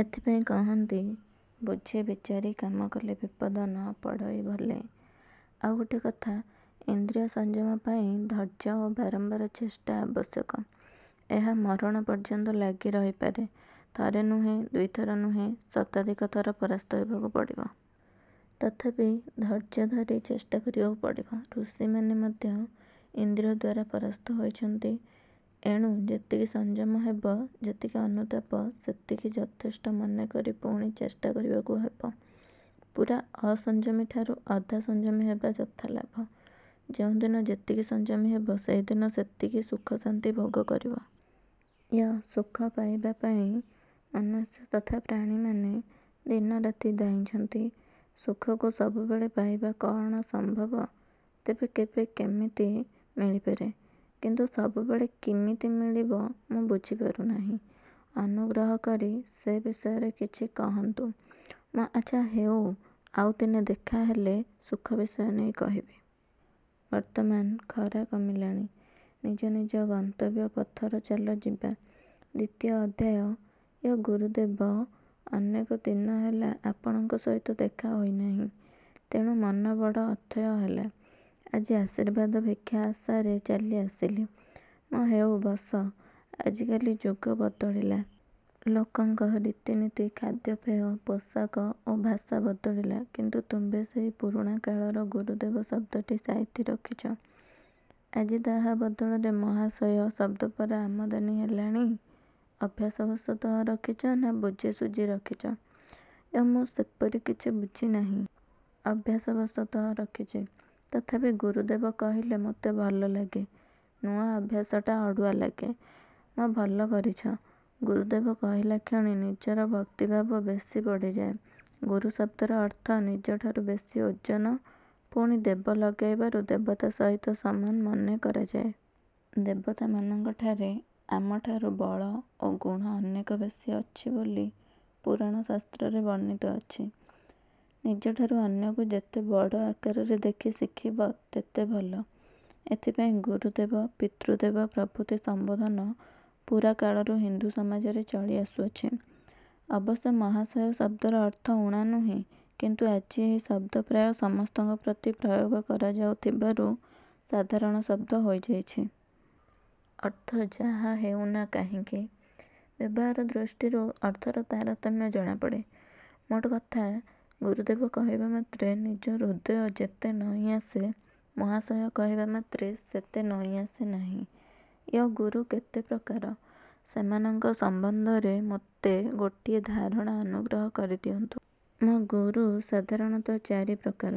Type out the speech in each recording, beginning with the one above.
ଏଥିପାଇଁ କହନ୍ତି– ବୁଝି ବିଚାରି କାମ କଲେ ବିପଦ ନ ପଡ଼ଇ ଭଲେ। ଆଉ ଗୋଟିଏ କଥା, ଇନ୍ଦ୍ରିୟ-ସଂଯମ ପାଇଁ ଧୈର୍ଯ୍ୟ ଓ ବାରମ୍ବାର ଚେଷ୍ଟା ଆବଶ୍ୟକ। ଏହା ମରଣ ପର୍ଯ୍ୟନ୍ତ ଲାଗି ରହିପାରେ। ଥରେ ନୁହେଁ, ଦୁଇ ଥର ନୁହେଁ; ଶତାଧିକ ଥର ପରାସ୍ତ ହେବାକୁ ପଡ଼ିବ। ତଥାପି ଧୈର୍ଯ୍ୟ ଧରି ଚେଷ୍ଟା କରିବାକୁ ପଡ଼ିବ। ଋଷିମାନେ ମଧ୍ୟ ଇନ୍ଦ୍ରିୟଦ୍ଵାରା ପରାସ୍ତ ହୋଇଛନ୍ତି। ଏଣୁ ଯେତିକି ସଂଯମ ହେବ, ଯେତିକି ଅନୁତାପ; ସେତିକି ଯଥେଷ୍ଟ ମନେ କରି ପୁଣି ଚେଷ୍ଟା କରିବାକୁ ହେବ। ପୂରା ଅସଂଯମୀଠାରୁ ଅଧା ସଂଯମୀ ହେବା ଯଥାଲାଭ। ଯେଉଁ ଦିନ ଯେତିକି ସଂଯମୀ ହେବ ସେହି ଦିନ ସେତିକି ସୁଖଶାନ୍ତି ଭୋଗ କରିବ। ୟ–ସୁଖ ପାଇବା ପାଇଁ ମନୁଷ୍ୟ ତଥା ପ୍ରାଣୀମାନେ ଦିନରାତି ଧାଇଁଛନ୍ତି। ସୁଖକୁ ସବୁବେଳେ ପାଇବା କଅଣ ସମ୍ଭବ? ତେବେ କେବେ କେମିତି ମିଳିପାରେ, କିନ୍ତୁ ସବୁବେଳେ କିମିତି ମିଳିବ ମୁଁ ବୁଝିପାରୁନାହିଁ। ଅନୁଗ୍ରହ କରି ସେ ବିଷୟରେ କିଛି କହନ୍ତୁ। ମ–ଆଚ୍ଛା ହେଉ, ଆଉ ଦିନେ ଦେଖା ହେଲେ ସୁଖ ବିଷୟ ନେଇ କହିବି। ବର୍ତ୍ତମାନ ଖରା କମିଲାଣି, ନିଜ ନିଜ ଗନ୍ତବ୍ୟ ପଥର ଚାଲ ଯିବା। ଦ୍ଵିତୀୟ ଅଧ୍ୟାୟ ୟ–ଗୁରୁଦେବ, ଅନେକ ଦିନ ହେଲା ଆପଣଙ୍କ ସହିତ ଦେଖା ହୋଇନାହିଁ। ତେଣୁ ମନ ବଡ଼ ଅଥୟ ହେଲା। ଆଜି ଆଶୀର୍ବାଦ ଭିକ୍ଷା ଆଶାରେ ଚାଲି ଆସିଲି। ମ–ହେଉ, ବସ। ଆଜିକାଲି ଯୁଗ ବଦଳିଲା। ଲୋକଙ୍କ ରୀତିନୀତି, ଖାଦ୍ୟପେୟ, ପୋଷାକ ଓ ଭାଷା ବଦଳିଲା କିନ୍ତୁ ତୁମ୍ଭେ ସେହି ପୁରୁଣା କାଳର 'ଗୁରୁଦେବ' ଶବ୍ଦଟି ସାଇତି ରଖିଛ-। ଆଜି ତାହା ବଦଳରେ 'ମହାଶୟ' ଶବ୍ଦ ପରା ଆମଦାନୀ ହେଲାଣି। ଅଭ୍ୟାସ ବଶତଃ ରଖିଛ, ନାଁ ବୁଝି ଶୁଝି ରଖିଛ? ୟ–ମୁଁ ସେପରି କିଛି ବୁଝିନାହିଁ। ଅଭ୍ୟାସ ବଶତଃ ରଖିଛି। ତଥାପି ଗୁରୁଦେବ କହିଲେ ମୋତେ ଭଲ ଲାଗେ। ନୂଆ ଅଭ୍ୟାସଟା ଅଡ଼ୁଆ ଲାଗେ। ମ–ଭଲ କରିଛ। ଗୁରୁଦେବ କହିଲାକ୍ଷଣି ନିଜର ଭକ୍ତିଭାବ ବେଶୀ ବଢ଼ିଯାଏ। ଗୁରୁ ଶବ୍ଦର ଅର୍ଥ ନିଜଠାରୁ ବେଶୀ ଓଜନ। ପୁଣି ଦେବ ଲଗାଇବାରୁ ଦେବତା ସହିତ ସମାନ ମନେ କରାଯାଏ। ଦେବତା-ମାନଙ୍କଠାରେ ଆମଠାରୁ ବଳ ଓ ଗୁଣ ଅନେକ ବେଶୀ ଅଛି ବୋଲି ପୁରାଣ ଶାସ୍ତ୍ରରେ ବର୍ଣ୍ଣିତ ଅଛି। ନିଜଠାରୁ ଅନ୍ୟକୁ ଯେତେ ବଡ଼ ଆକାରରେ ଦେଖି ଶିଖିବ ତେତେ ଭଲ ଏଥିପାଇଁ ଗୁରୁଦେବ, ପିତୃଦେବ ପ୍ରଭୃତି ସମ୍ବୋଧନ ପୁରାକାଳରୁ ହିନ୍ଦୁ ସମାଜରେ ଚଳି ଆସୁଅଛି। ଅବଶ୍ୟ ମହାଶୟ ଶବ୍ଦର ଅର୍ଥ ଊଣା ନୁହେଁ କିନ୍ତୁ ଆଜି ଏହି ଶବ୍ଦ ପ୍ରାୟ ସମସ୍ତଙ୍କ ପ୍ରତି ପ୍ରୟୋଗ କରାଯାଉ ଥିବାରୁ ସାଧାରଣ ଶବ୍ଦ ହୋଇଯାଇଛି। ଅର୍ଥ ଯାହା ହେଉନା କାହିଁକି, ବ୍ୟବହାର ଦୃଷ୍ଟିରୁ ଅର୍ଥର ତାରତମ୍ୟ ଜଣାପଡ଼େ। ମୋଟ କଥା ଗୁରୁଦେବ କହିବା ମାତ୍ରେ ନିଜ ହୃଦୟ ଯେତେ ନଇଁଆସେ; ମହାଶୟ କହିବାମାତ୍ରେ। ସେତେ ନଇଁଆସେ ନାହିଁ। ୟ–ଗୁରୁ କେତେ ପ୍ରକାର? ସେମାନଙ୍କ ସମ୍ବନ୍ଧରେ ମୋତେ ଗୋଟିଏ ଧାରଣା ଅନୁଗ୍ରହ କରି ଦିଅନ୍ତୁ। ମ–ଗୁରୁ ସାଧାରଣତଃ ଚାରି ପ୍ରକାର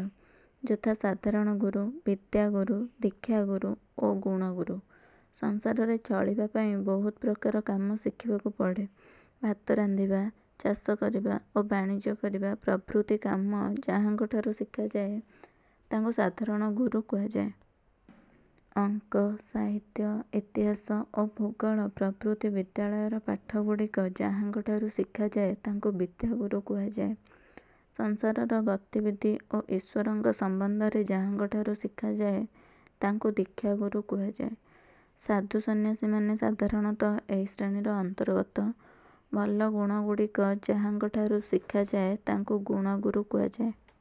ଯଥା–ସାଧାରଣ ଗୁରୁ, ବିଦ୍ୟାଗୁରୁ, ଦୀକ୍ଷାଗୁରୁ ଓ ଗୁଣ ଗୁରୁ। ସଂସାରରେ ଚଳିବା ପାଇଁ ବହୁତ ପ୍ରକାର କାମ ଶିଖିବାକୁ ପଡ଼େ। ଭାତ ରାନ୍ଧିବା, ଚାଷ କରିବା ଓ ବାଣିଜ୍ୟ କରିବା ପ୍ରଭୃତି କାମ ଯାହାଙ୍କ ଠାରୁ ଶିଖାଯାଏ ତାଙ୍କୁ ସାଧାରଣ ଗୁରୁ କୁହାଯାଏ। ଅଙ୍କ, ସାହିତ୍ୟ, ଇତିହାସ ଓ ଭୂଗୋଳ ପ୍ରଭୃତି ବିଦ୍ୟାଳୟର ପାଠଗୁଡ଼ିକ ଯାହାଙ୍କ ଠାରୁ ଶିଖାଯାଏ ତାଙ୍କୁ ବିଦ୍ୟାଗୁରୁ କୁହାଯାଏ। ସଂସାରର ଗତିବିଧି ଓ ଈଶ୍ଵରଙ୍କ ସମ୍ବନ୍ଧରେ ଯାହାଙ୍କ ଠାରୁ ଶିଖାଯାଏ ତାଙ୍କୁ ଦୀକ୍ଷାଗୁରୁ କୁହାଯାଏ। ସାଧୁ ସନ୍ନ୍ୟାସୀମାନେ ସାଧାରଣତଃ ଏହି ଶ୍ରେଣୀର ଅନ୍ତର୍ଗତ। ଭଲ ଗୁଣଗୁଡ଼ିକ ଯାହାଙ୍କଠାରୁ ଶିଖାଯାଏ ତାଙ୍କୁ ଗୁଣଗୁରୁ କୁହାଯାଏ।